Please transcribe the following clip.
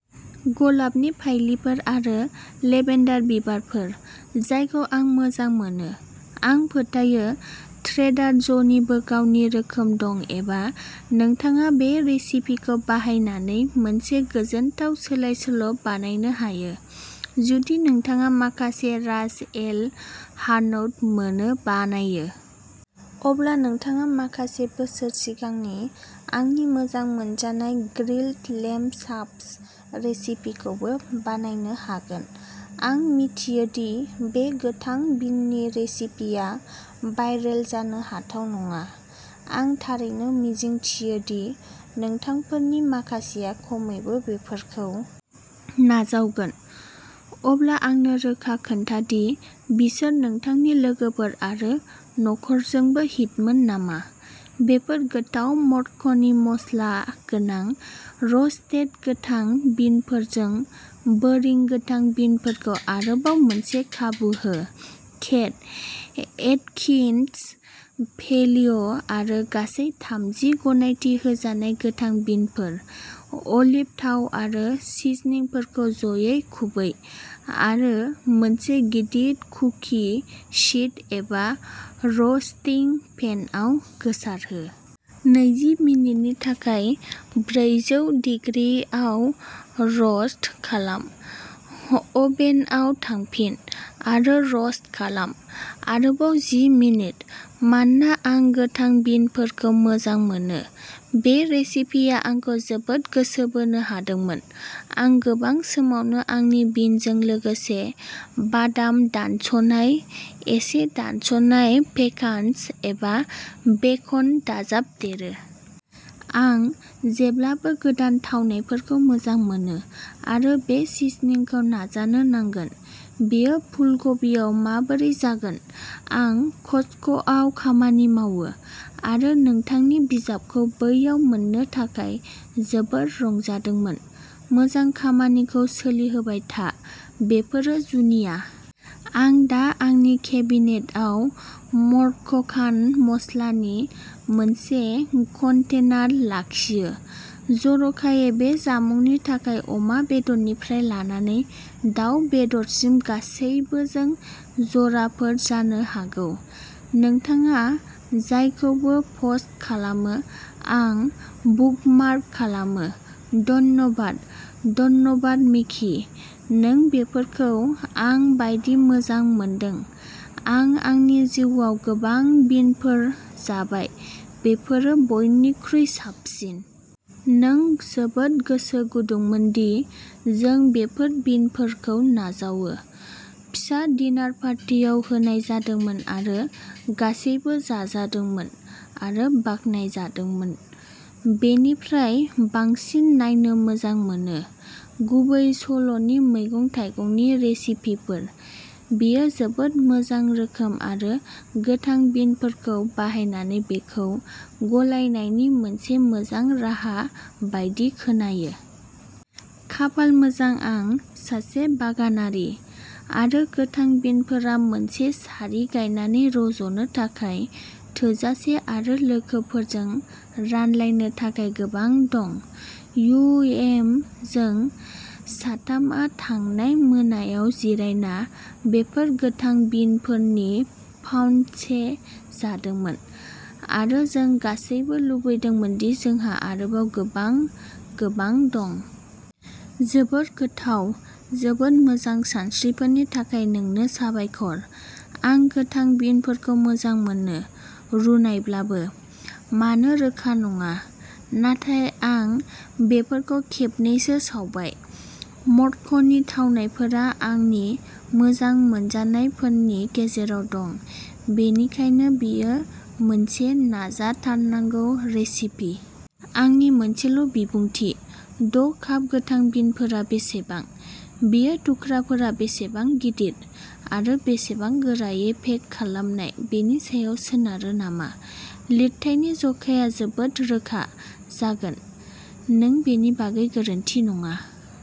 गलाबनि फाइलिफोर आरो लेभेन्डार बिबारफोर जायखौ आं मोजां मोनो। आं फोथायो ट्रेडार ज'निबो गावनि रोखोम दं-एबा नोंथाङा बे रेसिपिखौ बाहायनानै मोनसे गोजोनथाव सोलाय-सोल' बानायनो हायो। जुदि नोंथाङा माखासे रास एल हानौत मोनो बानायो, अब्ला नोंथाङा माखासे बोसोर सिगांनि आंनि मोजां मोनजानाय ग्रिल्ड लेम्ब चाप्स रेसिपिखौबो बानायनो हागोन आं मिथियो दि बे गोथां बिननि रेसिपिया भाइरेल जानो हाथाव नङा, आं थारैनो मिजिंथियो दि नोंथांफोरनि माखासेया खमैबो बेफोरखौ नाजावगोन, अब्ला आंनो रोखा खोन्था दि बिसोर नोंथांनि लोगोफोर आरो नखरजोंबो हिटमोन नामा बेफोर गोथाव मरक्क'नि मस्ला गोनां र'स्टेड गोथां बिनफोरजों बोरिं गोथां बिनफोरखौ आरोबाव मोनसे खाबु हो केट, एटकिन्स, पेलिय' आरो गासै थामजि गनायथि होजानाय गोथां बिनफोर, अलिभ थाव आरो सिजनिंफोरखौ ज'यै खुबै आरो मोनसे गिदिर कुकि शीट एबा र'स्टिं पेनआव गोसारहो। नैजि मिनिटनि थाखाय ब्रैजौ दिग्रि आव र'स्ट खालाम। अभेनआव थांफिन आरो र'स्ट खालाम। आरोबाव जि मिनिट। मानोना आं गोथां बिनफोरखौ मोजां मोनो, बे रेसिपिया आंखौ जोबोद गोसो बोनो हादोंमोन। आं गोबां समावनो आंनि बिनजों लोगोसे बादाम दानस'नाय, एसे दानस'नाय पेकान्स एबा बेकन दाजाबदेरो। आं जेब्लाबो गोदान थावनायफोरखौ मोजां मोनो आरो बे सिजनिंखौ नाजानो नांगोन बेयो फुलकबियाव माबोरै जागोन? आं कस्टक'आव खामानि मावो आरो नोंथांनि बिजाबखौ बैयाव मोन्नो थाखाय जोबोद रंजादोंमोन। मोजां खामानिखौ सोलिहोबाय था बेफोरो जुनिया आं दा आंनि केबिनेटआव मरक्कान मस्ला नि मोनसे कन्टेनार लाखियो जर'खायै बे जामुंनि थाखाय अमा बेदरनिफ्राय लानानै दाव बेदरसिम गासैबोजों जराफोर जानो हागौ नोंथाङा जायखौबो पस्ट खालामो, आं बुकमार्क खालामो, धन्यबाद धन्यबाद मिकि, नों बेफोरखौ आं बायदि मोजां मोनदों आं आंनि जिउआव गोबां बिनफोर जाबाय, बेफोरो बयनिख्रुइ साबसिन। नों जोबोद गोसो गुदुंमोन दि जों बेफोर बिनफोरखौ नाजावो। फिसा डिनार पार्टियाव होनाय जादोंमोन आरो गासैबो जाजादोंमोन आरो बाखनायजादोंमोन। बेनिफ्राय बांसिन नायनो मोजां मोनो। गुबैसल'नि मैगं-थाइगंनि रेसिपिफोर। बेयो जोबोद मोजां रोखोम आरो गोथां बिनफोरखौ बाहायनानै बेखौ गलायनायनि मोनसे मोजां राहा बायदि खोनायो। खाफाल मोजां आं सासे बागानारि, आरो गोथां बिनफोरा मोनसे सारि गायनानै रज'नो थाखाय थोजासे आरो लोगोफोरजों रानलायनो थाखाय गोबां दं यु एम जों साथामआ थांनाय मोनायाव जिरायना बेफोर गोथां बिनफोरनि पाउन्दसे जादोंमोन, आरो जों गासैबो लुबैदोंमोन दि जोंहा आरोबाव गोबां, गोबां दं। जोबोद गोथाव जोबोद मोजां सानस्रिफोरनि थाखाय नोंनो साबायखर। आं गोथां बिनफोरखौ मोजां मोनो, रुनायब्लाबो। मानो रोखा नङा, नाथाय आं बेफोरखौ खेबनैसो सावबाय। मरक्क'नि थावनायफोरा आंनि मोजां मोनजानायफोरनि गेजेराव दं, बेनिखायनो बेयो मोनसे नाजाथारनांगौ रेसिपि। आंनि मोनसेल' बिबुंथि द'काप गोथां बिनफोरा बेसेबां? बेयो थुख्राफोरा बेसेबां गिदिर, आरो बेसेबां गोरायै पेक खालामनाय बेनि सायाव सोनारो नामा? लिरथायनि जखाया जोबोद रोखा जागोन। नों बेनि बागै गोरोन्थि नङा,